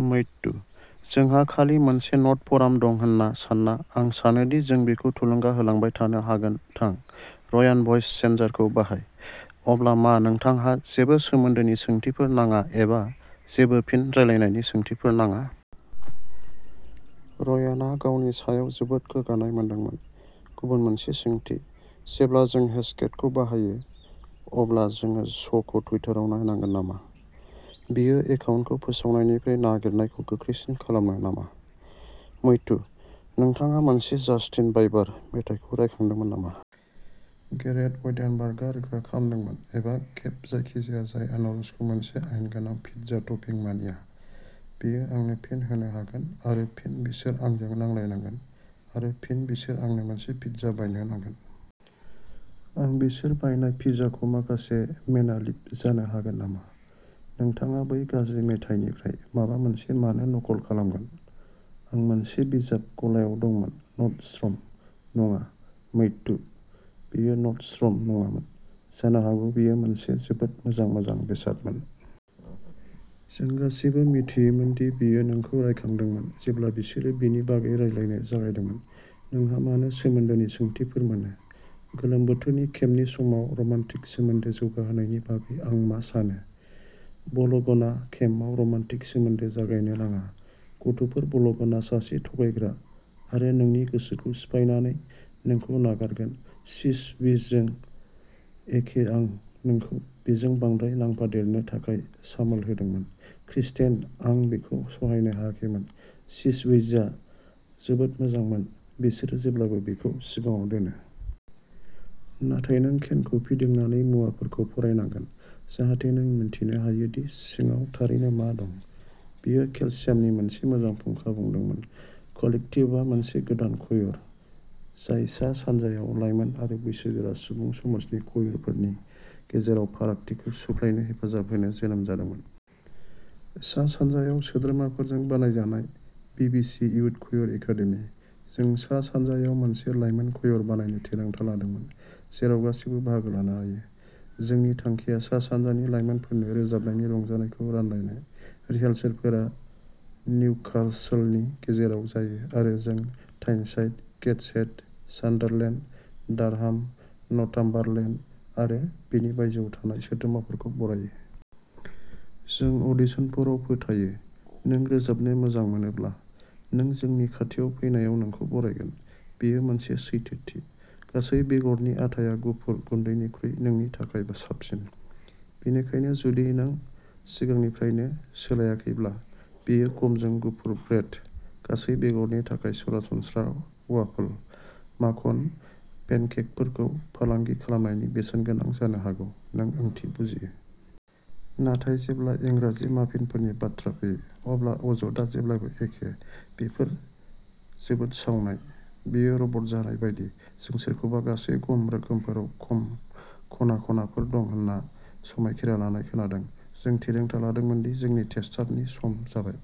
Matthew जोंहा खालि मोनसे नट फराम दं होन्ना सान्ना, आं सानो दि जों बिखौ थुलुंगा होलांबाय थानो हागोन थां, रयान भ'इस चेन्जारखौ बाहाय। अब्ला मा नोंथांहा जेबो सोमोन्दोनि सोंथिफोर नाङा एबा जेबो फिन रायलायनायनि सोंथिफोर नाङा? रयानआ गावनि सायाव जोबोद गोग्गानाय मोनदोंमोन। गुबुन मोनसे सोंथि। जेब्ला जों हेशटेगखौ बाहायो अब्ला जोंङो श'खौ टुइटाराव नायनांगोन नामा? बेयो एकाउन्टखौ फोसावनायनिफ्राय नागिरनायखौ गोख्रैसिन खालामो नामा? मैथ्यू नोंथाङा मोनसे जास्टिन बाइबार मेथाइखौ रायखांदोंमोन नामा? गेरेट वेन्डेनबार्गआ रोखा खालामदोंमोन एबा गेब जायखिजाया जाय आनारसखौ मोनसे आयेन गोनां पिज्जा टपिं मानिया बियो आंनो फिन होनो हागोन आरो फिन बिसोर आंजों नांलायनांगोन आरो फिन बिसोर आंनो मोनसे पिज्जा बायनो नांगोन। आं बिसोर बायनाय पिज्जाखौ माखासे मेनालिभ जानो हागोन नामा? नोंथाङा बै गाज्रि मेथाइनिफ्राय माबा मोनसे मानो नखल खालामगोन? "आं मोनसे बिजाब गलायाव दंमोन नर्डस्ट्रम" नङा, मैथ्यू, बेयो नर्डस्ट्रम नङामोन। जानो हागौ बेयो मोनसे जोबोद मोजां मोजां बेसादमोन। जों गासिबो मिथियोमोन दि बेयो नोंखौ रायखांदोंमोन जेब्ला बिसोरो बेनि बागै रायज्लायनो जागायदोंमोन। नोंहा मानो सोमोन्दोनि सोंथिफोर मोनो? गोलोम बोथोरनि केम्पनि समाव रमान्टिक सोमोन्दो जौगाहोनायनि बागै आं मा सानो? बल'गना केम्पआव रमान्टिक सोमोन्दो जागायनो नाङा, गथ'फोर बल'गना सासे थगायग्रा आरो नोंनि गोसोखौ सिफायनानै नोंखौ नागारगोन चिज विजजों एखे आं नोंखौ बेजों बांद्राय नांफादेरनो थाखाय सामोल होदोंमोन, क्रिस्टेन आं बेखौ सहायनो हायाखैमोन चिज विजआ जोबोद मोजांमोन बिसोरो जेब्लाबो बेखौ सिगाङाव दोनो। नाथाय नों केनखौ फिदिंनानै मुवाफोरखौ फरायनांगोन जाहाथे नों मिन्थिनो हायो दि सिङाव थारैनो मा दं! बेयो केलसियामनि मोनसे मोजां फुंखा बुंदोंमोन कलेक्टिभआ मोनसे गोदान क'यर, जाय सा-सानजायाव लाइमोन आरो बैसोगोरा सुबुं समाजनि क'यरफोरनि गेजेराव फारागथिखौ सुग्लायनो हेफाजाब होनो जोनोम जादोंमोन। सा-सानजायाव सोद्रोमाफोरजों बानायजानाय। बिबिसि युथ क'यर एकादेमि, जों सा-सानजायाव मोनसे लाइमोन क'यर बानायनो थिरांथा लादोंमोन, जेराव गासैबो बाहागो लानो हायो। जोंनि थांखिया सा-सानजानि लाइमोनफोरनो रोजाबनायनि रंजानायखौ रानलायनाय। रिहार्सेलफोरा निउकासलनि गेजेराव जायो आरो जों Tyneside, Gateshead, Sunderland, Durham, Northumberland आरो बेनि बायजोआव थानाय सोद्रोमाफोरखौ बरायो। जों अडिशनफोराव फोथायो, नों रोजाबनो मोजां मोनोब्ला, नों जोंनि खाथियाव फैनायाव नोंखौ बरायगोन। बेयो मोनसे सैथोथि। गासै बेगरनि आटाआ गुफुर गुन्दैनिख्रुइ नोंनि थाखाय साबसिन। बेनिखायनो जुदि नों सिगांनिफ्रायनो सोलायाखैब्ला, बेयो गमजों गुफुर ब्रेड, गासै-बेगरनि थाखाय सरासनस्रा वाफल, माखन पेनकेकफोरखौ फालांगि खालामनायनि बेसेनगोनां जानो हागौ नों ओंथि बुजियो। नाथाय जेब्ला इंराजि माफिनफोरनि बाथ्रा फैयो, अब्ला अजदआ जेब्लाबो एखे "बेफोर जोबोद सावनाय!" "बेयो रबर जानाय बायदि।" जों सोरखौबा गासै गम रोखोमफोराव खम खना-खनाफोर दं होनना समायखिरा लानाय खोनादों। जों थिरांथा लादोंमोन दि जोंनि टेस्टारनि सम जाबाय।